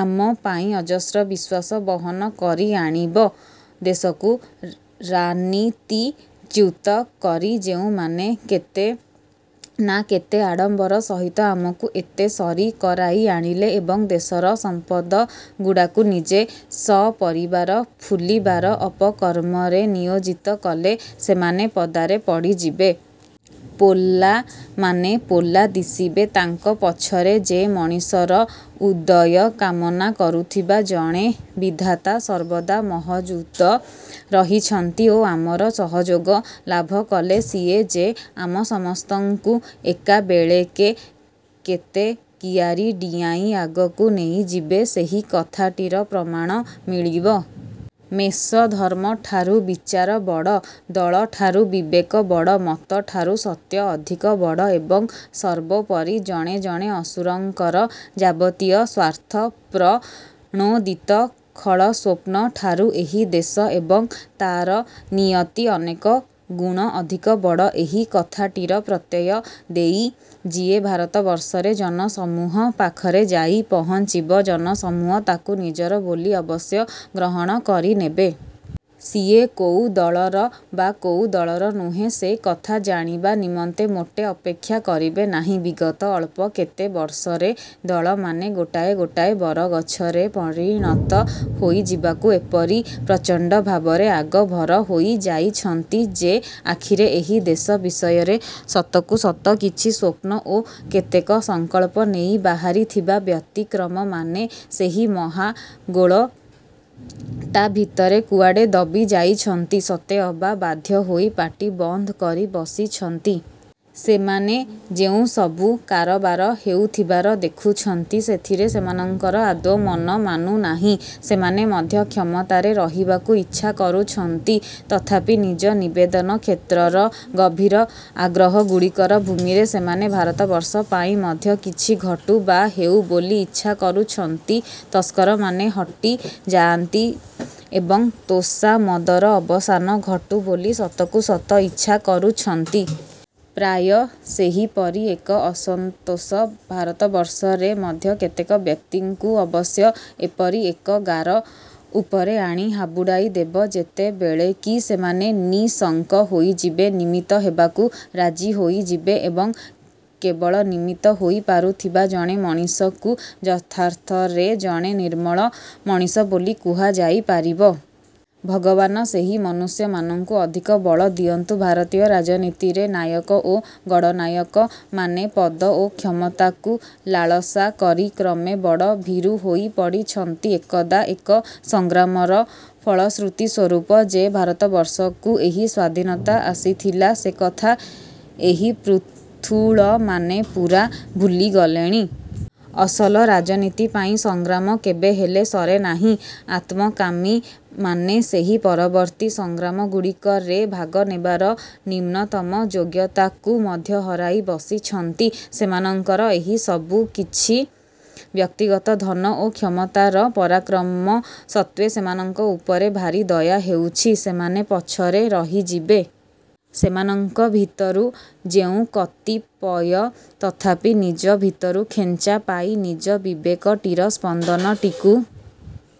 ଆମ ପାଇଁ ଅଯସ୍ର ବିଶ୍ୱାସ ବହନ କରି ଆଣିବ। ଦେଶକୁ ରାନୀତିଚ୍ୟୁତ କରି ଯେଉଁମାନେ କେତେ ନା କେତେ ଆଡ଼ମ୍ବର ସହିତ ଆମକୁ ଏତେ ସରି କରାଇ ଆଣିଲେ ଏବଂ ଦେଶର ସମ୍ପଦଗୁଡ଼ାକୁ ନିଜେ ସପରିବାର ଫୁଲିବାର ଅପକର୍ମରେ ନିୟୋଜିତ କଲେ ସେମାନେ ପଦାରେ ପଡ଼ିଯିବେ। ପୋଲାମାନେ ପୋଲା ଦିଶିବେ। ତାଙ୍କ ପଛରେ ଯେ ମଣିଷର ଉଦୟ କାମନା କରୁଥିବା ଜଣେ ବିଧାତା ସର୍ବଦା ମହଜୁଦ ରହିଛନ୍ତି ଓ ଆମର ସହଯୋଗ ଲାଭ କଲେ ସିଏ ଯେ ଆମ ସମସ୍ତଙ୍କୁ ଏକାବେଳେକେ କେତେ କିଆରୀ ଡ଼ିଆଁଇ ଆଗକୁ ନେଇଯିବେ ସେହି କଥାଟିର ପ୍ରମାଣ ମିଳିବ। ମେଷଧର୍ମ ଠାରୁ ବିଚାର ବଡ଼, ଦଳ ଠାରୁ ବିବେକ ବଡ଼, ମତ ଠାରୁ ସତ୍ୟ ଅଧିକ ବଡ଼ ଏବଂ ସର୍ବୋପରି ଜଣେ ଜଣେ ଅସୁରଙ୍କର ଯାବତୀୟ ସ୍ୱାର୍ଥପ୍ରଣୋଦିତ ଖଳସ୍ୱପ୍ନ ଠାରୁ ଏହି ଦେଶ ଏବଂ ତାର ନିୟତି ଅନେକଗୁଣ ଅଧିକ ବଡ଼, ଏହି କଥାଟିର ପ୍ରତ୍ୟୟ ଦେଇ ଯିଏ ଭାରତବର୍ଷରେ ଜନସମୂହ ପାଖରେ ଯାଇ ପହଞ୍ଚିବ, ଜନସମୂହ ତାକୁ ନିଜର ବୋଲି ଅବଶ୍ୟ ଗ୍ରହଣ କରିନେବେ। ସିଏ କୋଉ ଦଳର ବା କୋଉ ଦଳର ନୁହେଁ ସେ କଥା ଜାଣିବା ନିମନ୍ତେ ମୋଟେ ଅପେକ୍ଷା କରିବେ ନାହିଁ। ବିଗତ ଅଳ୍ପ କେତେ ବର୍ଷରେ ଦଳମାନେ ଗୋଟାଏ ଗୋଟାଏ ବରଗଛରେ ପରିଣତ ହୋଇଯିବାକୁ ଏପରି ପ୍ରଚଣ୍ଡ ଭାବରେ ଆଗଭର ହୋଇଯାଇଛନ୍ତି ଯେ ଆଖିରେ ଏହି ଦେଶ ବିଷୟରେ ସତକୁ ସତ କିଛି ସ୍ୱପ୍ନ ଓ କେତେକ ସଂକଳ୍ପ ନେଇ ବାହାରିଥିବା ବ୍ୟତିକ୍ରମମାନେ ସେହି ମହାଗୋଳଟା ଭିତରେ କୁଆଡ଼େ ଦବି ଯାଇଛନ୍ତି, ସତେଅବା ବାଧ୍ୟ ହୋଇ ପାଟି ବନ୍ଦ କରି ବସିଛନ୍ତି। ସେମାନେ ଯେଉଁସବୁ କାରବାର ହେଉଥିବାର ଦେଖୁଛନ୍ତି, ସେଥିରେ ସେମାନଙ୍କର ଆଦୌ ମନ ମାନୁନାହିଁ। ସେମାନେ ମଧ୍ୟ କ୍ଷମତାରେ ରହିବାକୁ ଇଚ୍ଛା କରୁଛନ୍ତି ତଥାପି ନିଜ ନିବେଦନ କ୍ଷେତ୍ରର ଗଭୀର ଆଗ୍ରହଗୁଡ଼ିକର ଭୂମିରେ ସେମାନେ ଭାରତବର୍ଷ ପାଇଁ ମଧ୍ୟ କିଛି ଘଟୁ ବା ହେଉ ବୋଲି ଇଚ୍ଛା କରୁଛନ୍ତି, ତସ୍କରମାନେ ହଟିଯାଆନ୍ତୁ ଏବଂ ତୋଷାମଦର ଅବସାନ ଘଟୁ ବୋଲି ସତକୁ ସତ ଇଚ୍ଛା କରୁଛନ୍ତି। ପ୍ରାୟ ସେହିପରି ଏକ ଅସନ୍ତୋଷ ଭାରତବର୍ଷରେ ମଧ୍ୟ କେତେକ ବ୍ୟକ୍ତିଙ୍କୁ ଅବଶ୍ୟ ଏପରି ଏକ ଗାର ଉପରେ ଆଣି ହାବୁଡ଼ାଇ ଦେବ, ଯେତେବେଳେ କି ସେମାନେ ନିଃଶଙ୍କ ହୋଇଯିବେ, ନିମିତ୍ତ ହେବାକୁ ରାଜି ହୋଇଯିବେ। ଏବଂ କେବଳ ନିମିତ୍ତ ହୋଇପାରୁଥିବା ଜଣେ ମଣିଷକୁ ଯଥାର୍ଥରେ ଜଣେ ନିର୍ମଳ ମଣିଷ ବୋଲି କୁହାଯାଇ ପାରିବ। ଭଗବାନ ସେହି ମନୁଷ୍ୟମାନଙ୍କୁ ଅଧିକ ବଳ ଦିଅନ୍ତୁ। ଭାରତୀୟ ରାଜନୀତିରେ ନାୟକ ଓ ଗଡ଼ନାୟକମାନେ ପଦ ଓ କ୍ଷମତାକୁ ଲାଳସା କରି କ୍ରମେ ବଡ଼ ଭୀରୁ ହୋଇ ପଡ଼ିଛନ୍ତି। ଏକଦା ଏକ ସଂଗ୍ରାମର ଫଳଶ୍ରୁତି ସ୍ୱରୂପ ଯେ ଭାରତବର୍ଷକୁ ଏହି ସ୍ଵାଧୀନତା ଆସିଥିଲା ସେ କଥା ଏହି ପୃଥୁଳମାନେ ପୂରା ଭୁଲିଗଲେଣି। ଅସଲ ରାଜନୀତି ପାଇଁ ସଂଗ୍ରାମ କେବେହେଲେ ସରେନାହିଁ। ଆତ୍ମକାମୀମାନେ ସେହି ପରବର୍ତ୍ତୀ ସଂଗ୍ରାମଗୁଡ଼ିକରେ ଭାଗ ନେବାର ନିମ୍ନତମ ଯୋଗ୍ୟତାକୁ ମଧ୍ୟ ହରାଇ ବସିଛନ୍ତି। ସେମାନଙ୍କର ଏହି ସବୁକିଛି ବ୍ୟକ୍ତିଗତ ଧନ ଓ କ୍ଷମତାର ପରାକ୍ରମ ସତ୍ତ୍ୱେ ସେମାନଙ୍କ ଉପରେ ଭାରି ଦୟା ହେଉଛି। ସେମାନେ ପଛରେ ରହିଯିବେ। ସେମାନଙ୍କ ଭିତରୁ ଯେଉଁ କତିପୟ ତଥାପି ନିଜ ଭିତରୁ ଖେଞ୍ଚା ପାଇ ନିଜ ବିବେକଟିର ସ୍ପନ୍ଦନଟିକୁ